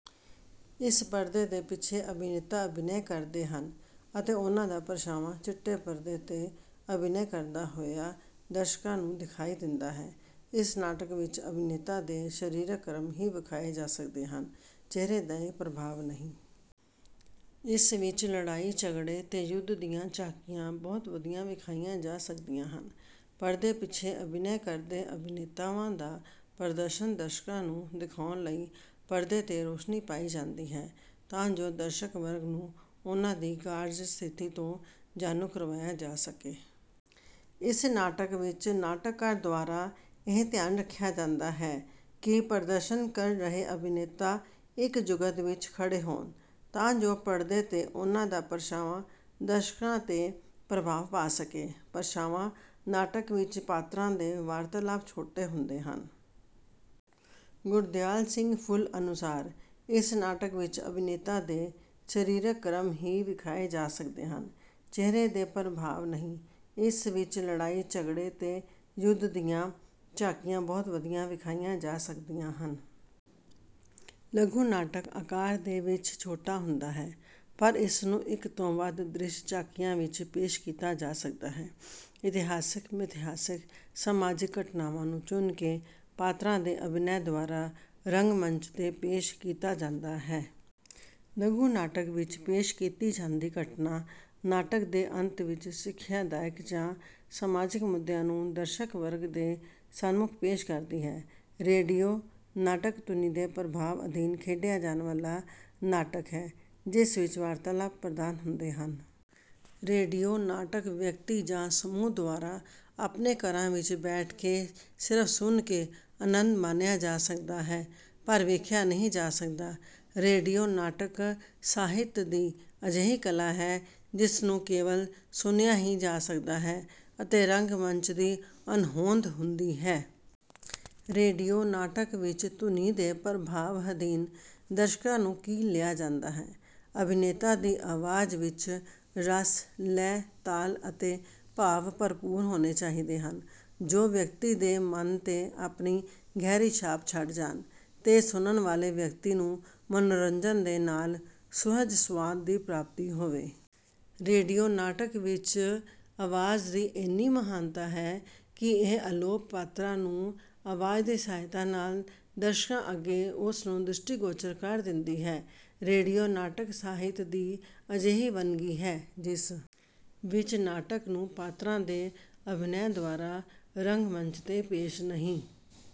ਇਸ ਪਰਦੇ ਦੇ ਪਿੱਛੇ ਅਭਿਨੇਤਾ ਅਭਿਨੈ ਕਰਦੇ ਹਨ, ਅਤੇ ਉਨ੍ਹਾਂ ਦਾ ਪ੍ਰਛਾਵਾਂ ਚਿੱਟੇ ਪਰਦੇ ਤੇ ਅਭਿਨੈ ਕਰਦਾ ਹੋਇਆ ਦਰਸ਼ਕਾਂ ਨੂੰ ਦਿਖਾਈ ਦਿੰਦਾ ਹੈ। ਇਸ ਨਾਟਕ ਵਿੱਚ ਅਭਿਨੇਤਾ ਦੇ ਸਰੀਰਕ ਕਰਮ ਹੀ ਵਿਖਾਏ ਜਾ ਸਕਦੇ ਹਨ, ਚਿਹਰੇ ਦੇ ਪ੍ਰਭਾਵ ਨਹੀਂ। ਇਸ ਵਿੱਚ ਲੜਾਈ ਝਗੜੇ ਤੇ ਯੁੱਧ ਦੀਆਂ ਝਾਕੀਆਂ ਬਹੁਤ ਵਧੀਆ ਵਿਖਾਈਆਂ ਜਾ ਸਕਦੀਆਂ ਹਨ। ਪਰਦੇ ਪਿੱਛੇ ਅਭਿਨੈ ਕਰਦੇ ਅਭਿਨੇਤਾਵਾਂ ਦਾ ਪ੍ਰਦਰਸ਼ਨ ਦਰਸ਼ਕਾਂ ਨੂੰ ਦਿਖਾਉਣ ਲਈ ਪਰਦੇ ਤੇ ਰੌਸ਼ਨੀ ਪਾਈ ਜਾਂਦੀ ਹੈ, ਤਾਂ ਜੋ ਦਰਸ਼ਕ ਵਰਗ ਨੂੰ ਉਨ੍ਹਾਂ ਦੀ ਕਾਰਜ ਸਥਿਤੀ ਤੋਂ ਜਾਣੂ ਕਰਵਾਇਆ ਜਾ ਸਕੇ। ਇਸ ਨਾਟਕ ਵਿੱਚ ਨਾਟਕਕਾਰ ਦੁਆਰਾ ਇਹ ਧਿਆਨ ਰੱਖਿਆ ਜਾਂਦਾ ਹੈ, ਕਿ ਪ੍ਰਦਰਸ਼ਨ ਕਰ ਰਹੇ ਅਭਿਨੇਤਾ ਇੱਕ ਜੁਗਤ ਵਿੱਚ ਖੜੇ ਹੋਣ, ਤਾਂ ਜੋ ਪਰਦੇ ਤੇ ਉਨ੍ਹਾਂ ਦਾ ਪ੍ਰਛਾਵਾਂ ਦਰਸ਼ਕਾਂ ਤੇ ਪ੍ਰਭਾਵ ਪਾ ਸਕੇ। ਪ੍ਰਛਾਵਾਂ ਨਾਟਕ ਵਿੱਚ ਪਾਤਰਾਂ ਦੇ ਵਾਰਤਾਲਾਪ ਛੋਟੇ ਹੁੰਦੇ ਹਨ। ਗੁਰਦਿਆਲ ਸਿੰਘ ਫੁੱਲ ਅਨੁਸਾਰ, ਇਸ ਨਾਟਕ ਵਿੱਚ ਅਭਿਨੇਤਾ ਦੇ ਸਰੀਰਕ ਕਰਮ ਹੀ ਵਿਖਾਏ ਜਾ ਸਕਦੇ ਹਨ, ਚਿਹਰੇ ਦੇ ਪ੍ਰਭਾਵ ਨਹੀਂ। ਇਸ ਵਿੱਚ ਲੜਾਈ ਝਗੜੇ ਤੇ ਯੁੱਧ ਦੀਆਂ ਝਾਕੀਆਂ ਬਹੁਤ ਵਧੀਆ ਵਿਖਾਈਆਂ ਜਾ ਸਕਦੀਆਂ ਹਨ। ਲਘੂ ਨਾਟਕ ਆਕਾਰ ਦੇ ਵਿੱਚ ਛੋਟਾ ਹੁੰਦਾ ਹੈ, ਪਰ ਇਸ ਨੂੰ ਇੱਕ ਤੋਂ ਵੱਧ ਦ੍ਰਿਸ਼ ਝਾਕੀਆਂ ਵਿੱਚ ਪੇਸ਼ ਕੀਤਾ ਜਾ ਸਕਦਾ ਹੈ। ਇਤਿਹਾਸਿਕ, ਮਿਥਿਹਾਸਿਕ, ਸਮਾਜਿਕ ਘਟਨਾਵਾਂ ਨੂੰ ਚੁਣ ਕੇ ਪਾਤਰਾਂ ਦੇ ਅਭਿਨੈ ਦੁਆਰਾ ਰੰਗਮੰਚ ਤੇ ਪੇਸ਼ ਕੀਤਾ ਜਾਂਦਾ ਹੈ। ਲਘੂ ਨਾਟਕ ਵਿੱਚ ਪੇਸ਼ ਕੀਤੀ ਜਾਂਦੀ ਘਟਨਾ ਨਾਟਕ ਦੇ ਅੰਤ ਵਿੱਚ ਸਿਖਿਆਦਾਇਕ ਜਾਂ ਸਮਾਜਿਕ ਮੁੱਦਿਆਂ ਨੂੰ ਦਰਸ਼ਕ ਵਰਗ ਦੇ ਸਨਮੁੱਖ ਪੇਸ਼ ਕਰਦੀ ਹੈ। ਰੇਡੀਓ ਨਾਟਕ ਧੁਨੀ ਦੇ ਪ੍ਰਭਾਵ ਅਧੀਨ ਖੇਡਿਆ ਜਾਣ ਵਾਲਾ ਨਾਟਕ ਹੈ, ਜਿਸ ਵਿੱਚ ਵਾਰਤਾਲਾਪ ਪ੍ਰਧਾਨ ਹੁੰਦੇ ਹਨ। ਰੇਡੀਓ ਨਾਟਕ ਵਿਅਕਤੀ ਜਾਂ ਸਮੂਹ ਦੁਆਰਾ ਆਪਣੇ ਘਰਾਂ ਵਿੱਚ ਬੈਠ ਕੇ ਸਿਰਫ ਸੁਣ ਕੇ ਅਨੰਦ ਮਾਣਿਆ ਜਾ ਸਕਦਾ ਹੈ, ਪਰ ਵੇਖਿਆ ਨਹੀਂ ਜਾ ਸਕਦਾ। ਰੇਡੀਓ ਨਾਟਕ ਸਾਹਿਤ ਦੀ ਅਜਿਹੀ ਕਲਾ ਹੈ, ਜਿਸ ਨੂੰ ਕੇਵਲ ਸੁਣਿਆ ਹੀ ਜਾ ਸਕਦਾ ਹੈ, ਅਤੇ ਰੰਗਮੰਚ ਦੀ ਅਣਹੋਂਦ ਹੁੰਦੀ ਹੈ। ਰੇਡੀਓ ਨਾਟਕ ਵਿੱਚ ਧੁਨੀ ਦੇ ਪ੍ਰਭਾਵ ਅਧੀਨ ਦਰਸ਼ਕਾਂ ਨੂੰ ਕੀਲ ਲਿਆ ਜਾਂਦਾ ਹੈ। ਅਭਿਨੇਤਾ ਦੀ ਆਵਾਜ਼ ਵਿੱਚ ਰਸ, ਲੈਅ, ਤਾਲ ਅਤੇ ਭਾਵ ਭਰਪੂਰ ਹੋਣੇ ਚਾਹੀਦੇ ਹਨ, ਜੋ ਵਿਅਕਤੀ ਦੇ ਮਨ ਤੇ ਆਪਣੀ ਗਹਿਰੀ ਛਾਪ ਛੱਡ ਜਾਣ, ਤੇ ਸੁਣਨ ਵਾਲੇ ਵਿਅਕਤੀ ਨੂੰ ਮਨੋਰੰਜਨ ਦੇ ਨਾਲ ਸੁਹਜ ਸੁਆਦ ਦੀ ਪ੍ਰਾਪਤੀ ਹੋਵੇ। ਰੇਡੀਓ ਨਾਟਕ ਵਿੱਚ ਆਵਾਜ਼ ਦੀ ਇੰਨੀ ਮਹਾਨਤਾ ਹੈ, ਕਿ ਇਹ ਅਲੋਪ ਪਾਤਰਾਂ ਨੂੰ ਆਵਾਜ਼ ਦੀ ਸਹਾਇਤਾ ਨਾਲ ਦਰਸ਼ਕਾਂ ਅੱਗੇ ਉਸ ਨੂੰ ਦ੍ਰਿਸ਼ਟੀਗੋਚਰ ਕਰ ਦਿੰਦੀ ਹੈ। ਰੇਡੀਓ ਨਾਟਕ ਸਾਹਿਤ ਦੀ ਅਜਿਹੀ ਵੰਨਗੀ ਹੈ, ਜਿਸ ਵਿੱਚ ਨਾਟਕ ਨੂੰ ਪਾਤਰਾਂ ਦੇ ਅਭਿਨੈ ਦੁਆਰਾ ਰੰਗਮੰਚ ਤੇ ਪੇਸ਼ ਨਹੀਂ